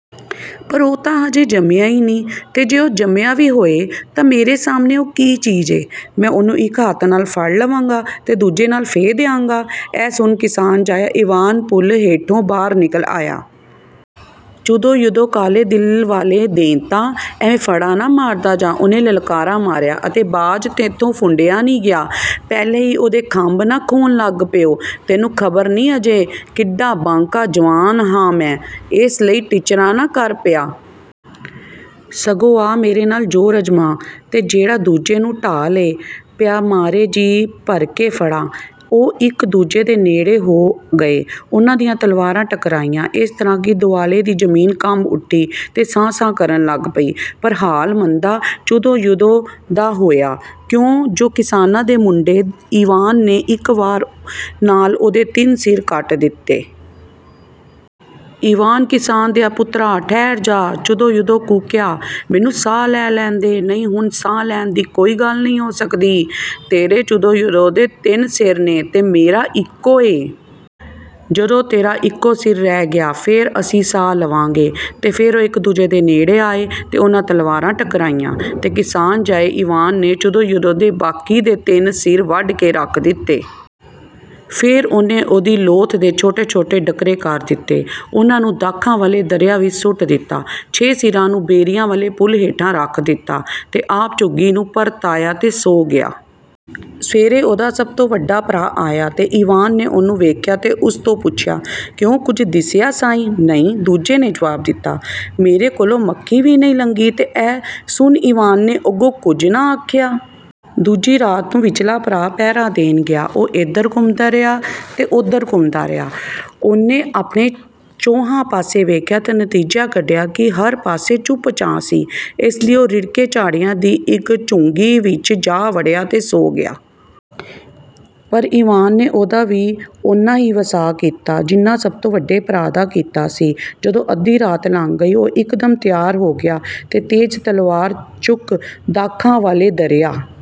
"ਪਰ ਉਹ ਤਾਂ ਅਜੇ ਜੰਮਿਆ ਈ ਨਹੀਂ, ਤੇ ਜੇ ਉਹ ਜੰਮਿਆ ਵੀ ਹੋਇਐ, ਤਾਂ ਮੇਰੇ ਸਾਹਮਣੇ ਉਹ ਕੀ ਚੀਜ਼ ਏ? ਮੈਂ ਉਹਨੂੰ ਇੱਕ ਹੱਥ ਨਾਲ ਫੜ ਲਵਾਂਗਾ ਤੇ ਦੂਜੇ ਨਾਲ ਫੇਹ ਦਿਆਂਗਾ।" ਇਹ ਸੁਣ ਕਿਸਾਨ-ਜਾਇਆ ਈਵਾਨ ਪੁਲ ਹੇਠੋਂ ਬਾਹਰ ਨਿਕਲ ਆਇਆ। "ਚੁਦੋ-ਯੁਦੋ, ਕਾਲੇ ਦਿਲ ਵਾਲੇ ਦੈਂਤਾ, ਐਵੇਂ ਫੜਾਂ ਨਾ ਮਾਰਦਾ ਜਾ!" ਉਹਨੇ ਲਲਕਾਰਾ ਮਾਰਿਆ। "ਅਜੇ ਬਾਜ਼ ਤੇਥੋਂ ਫੁੰਡਿਆ ਨਹੀਂ ਗਿਆ, ਪਹਿਲੋਂ ਹੀ ਓਹਦੇ ਖੰਭ ਨਾ ਖੋਹਣ ਲੱਗ ਪਓ! ਤੈਨੂੰ ਖ਼ਬਰ ਨਹੀਂ ਅਜੇ, ਕਿੱਡਾ ਬਾਂਕਾ ਜਵਾਨ ਹਾਂ ਮੈਂ, ਏਸ ਲਈ ਟਿੱਚਰਾਂ ਨਾ ਕਰ ਪਿਆ! ਸਗੋਂ ਆ, ਮੇਰੇ ਨਾਲ ਜ਼ੋਰ ਅਜ਼ਮਾ, ਤੇ ਜਿਹੜਾ ਦੂਜੇ ਨੂੰ ਢਾਹ ਲਏ, ਪਿਆ ਮਾਰੇ ਜੀ ਭਰ ਕੇ ਫੜਾਂ।" ਉਹ ਇੱਕ ਦੂਜੇ ਦੇ ਨੇੜੇ ਹੋ ਗਏ, ਉਹਨਾਂ ਦੀਆਂ ਤਲਵਾਰਾਂ ਟਕਰਾਈਆਂ, ਏਸ ਤਰ੍ਹਾਂ ਕਿ ਦੁਆਲੇ ਦੀ ਜ਼ਮੀਨ ਕੰਬ ਉੱਠੀ ਤੇ ਸਾਂ-ਸਾਂ ਕਰਨ ਲੱਗ ਪਈ, ਪਰ ਹਾਲ ਮੰਦਾ ਚੁਦੋ-ਯੁਦੋ ਦਾ ਹੋਇਆ, ਕਿਉਂ ਜੁ ਕਿਸਾਨਾਂ ਦੇ ਮੁੰਡੇ ਈਵਾਨ ਨੇ ਇੱਕ ਵਾਰ ਨਾਲ ਉਹਦੇ ਤਿੰਨ ਸਿਰ ਕੱਟ ਦਿੱਤੇ। "ਈਵਾਨ, ਕਿਸਾਨ ਦਿਆ ਪੁੱਤਰਾ, ਠਹਿਰ ਜਾ!" ਚੁਦੋ-ਯੁਦੋ ਕੂਕਿਆ। "ਮੈਨੂੰ ਸਾਹ ਲੈ ਲੈਣ ਦੇ!" "ਨਹੀਂ, ਹੁਣ ਸਾਹ ਲੈਣ ਦੀ ਕੋਈ ਗੱਲ ਨਹੀਂ ਹੋ ਸਕਦੀ। ਤੇਰੇ, ਚੁਦੋ-ਯੁਦੋ ਦੇ, ਤਿੰਨ ਸਿਰ ਨੇ ਤੇ ਮੇਰਾ ਇੱਕੋ ਏ। ਜਦੋਂ ਤੇਰਾ ਇੱਕੋ ਸਿਰ ਰਹਿ ਗਿਆ, ਫੇਰ ਅਸੀਂ ਸਾਹ ਲਵਾਂਗੇ।" ਤੇ ਫੇਰ ਉਹ ਇੱਕ ਦੂਜੇ ਦੇ ਨੇੜੇ ਆਏ ਤੇ ਉਹਨਾਂ ਤਲਵਾਰਾਂ ਟਕਰਾਈਆਂ, ਤੇ ਕਿਸਾਨ-ਜਾਏ ਈਵਾਨ ਨੇ ਚੁਦੋ-ਯੁਦੋ ਦੇ ਬਾਕੀ ਦੇ ਤਿੰਨੇ ਸਿਰ ਵੱਢ ਕੇ ਰੱਖ ਦਿੱਤੇ। ਫੇਰ ਉਹਨੇ ਉਹਦੀ ਲੋਥ ਦੇ ਛੋਟੇ-ਛੋਟੇ ਡਕਰੇ ਕਰ ਦਿੱਤੇ, ਉਹਨਾਂ ਨੂੰ ਦਾਖਾਂ ਵਾਲੇ ਦਰਿਆ ਵਿੱਚ ਸੁੱਟ ਦਿੱਤਾ, ਛੇ ਸਿਰਾਂ ਨੂੰ ਬੇਰੀਆਂ ਵਾਲੇ ਪੁਲ ਹੇਠਾਂ ਰੱਖ ਦਿੱਤਾ ਤੇ ਆਪ ਝੁੱਗੀ ਨੂੰ ਪਰਤ ਆਇਆ ਤੇ ਸੌਂ ਗਿਆ। ਸਵੇਰੇ, ਉਹਦਾ ਸਭ ਤੋਂ ਵੱਡਾ ਭਰਾ ਆਇਆ, ਤੇ ਈਵਾਨ ਨੇ ਉਹਨੂੰ ਵੇਖਿਆ ਤੇ ਉਸ ਤੋਂ ਪੁੱਛਿਆ: "ਕਿਉਂ, ਕੁਝ ਦਿਸਿਆ ਸਾਈ?" "ਨਹੀਂ," ਦੂਜੇ ਨੇ ਜਵਾਬ ਦਿੱਤਾ, "ਮੇਰੇ ਕੋਲੋਂ ਮੱਖੀ ਵੀ ਨਹੀਂ ਲੰਘੀ।" ਤੇ ਇਹ ਸੁਣ ਈਵਾਨ ਨੇ ਅਗੋਂ ਕੁਝ ਨਾ ਆਖਿਆ। ਦੂਜੀ ਰਾਤ ਨੂੰ ਵਿਚਲਾ ਭਰਾ ਪਹਿਰਾ ਦੇਣ ਗਿਆ। ਉਹ ਏਧਰ ਘੁੰਮਦਾ ਰਿਹਾ ਤੇ ਓਧਰ ਘੁੰਮਦਾ ਰਿਹਾ, ਉਹਨੇ ਆਪਣੇ ਚੌਹਾਂ ਪਾਸੇ ਵੇਖਿਆ ਤੇ ਨਤੀਜਾ ਕੱਢਿਆ ਕਿ ਹਰ ਪਾਸੇ ਚੁੱਪ-ਚਾਂ ਸੀ। ਏਸ ਲਈ ਉਹ ਰਿੜਕੇ ਝਾੜੀਆਂ ਦੀ ਇੱਕ ਝੁੰਗੀ ਵਿੱਚ ਜਾ ਵੜਿਆ, ਤੇ ਸੌਂ ਗਿਆ। ਪਰ ਈਵਾਨ ਨੇ ਉਹਦਾ ਵੀ ਓਨਾ ਹੀ ਵਸਾਹ ਕੀਤਾ, ਜਿੰਨਾ ਸਭ ਤੋਂ ਵੱਡੇ ਭਰਾ ਦਾ ਕੀਤਾ ਸੀ। ਜਦੋਂ ਅੱਧੀ ਰਾਤ ਲੰਘ ਗਈ, ਉਹ ਇਕਦਮ ਤਿਆਰ ਹੋ ਗਿਆ, ਤੇ ਤੇਜ਼ ਤਲਵਾਰ ਚੁੱਕ ਦਾਖਾਂ ਵਾਲੇ ਦਰਿਆ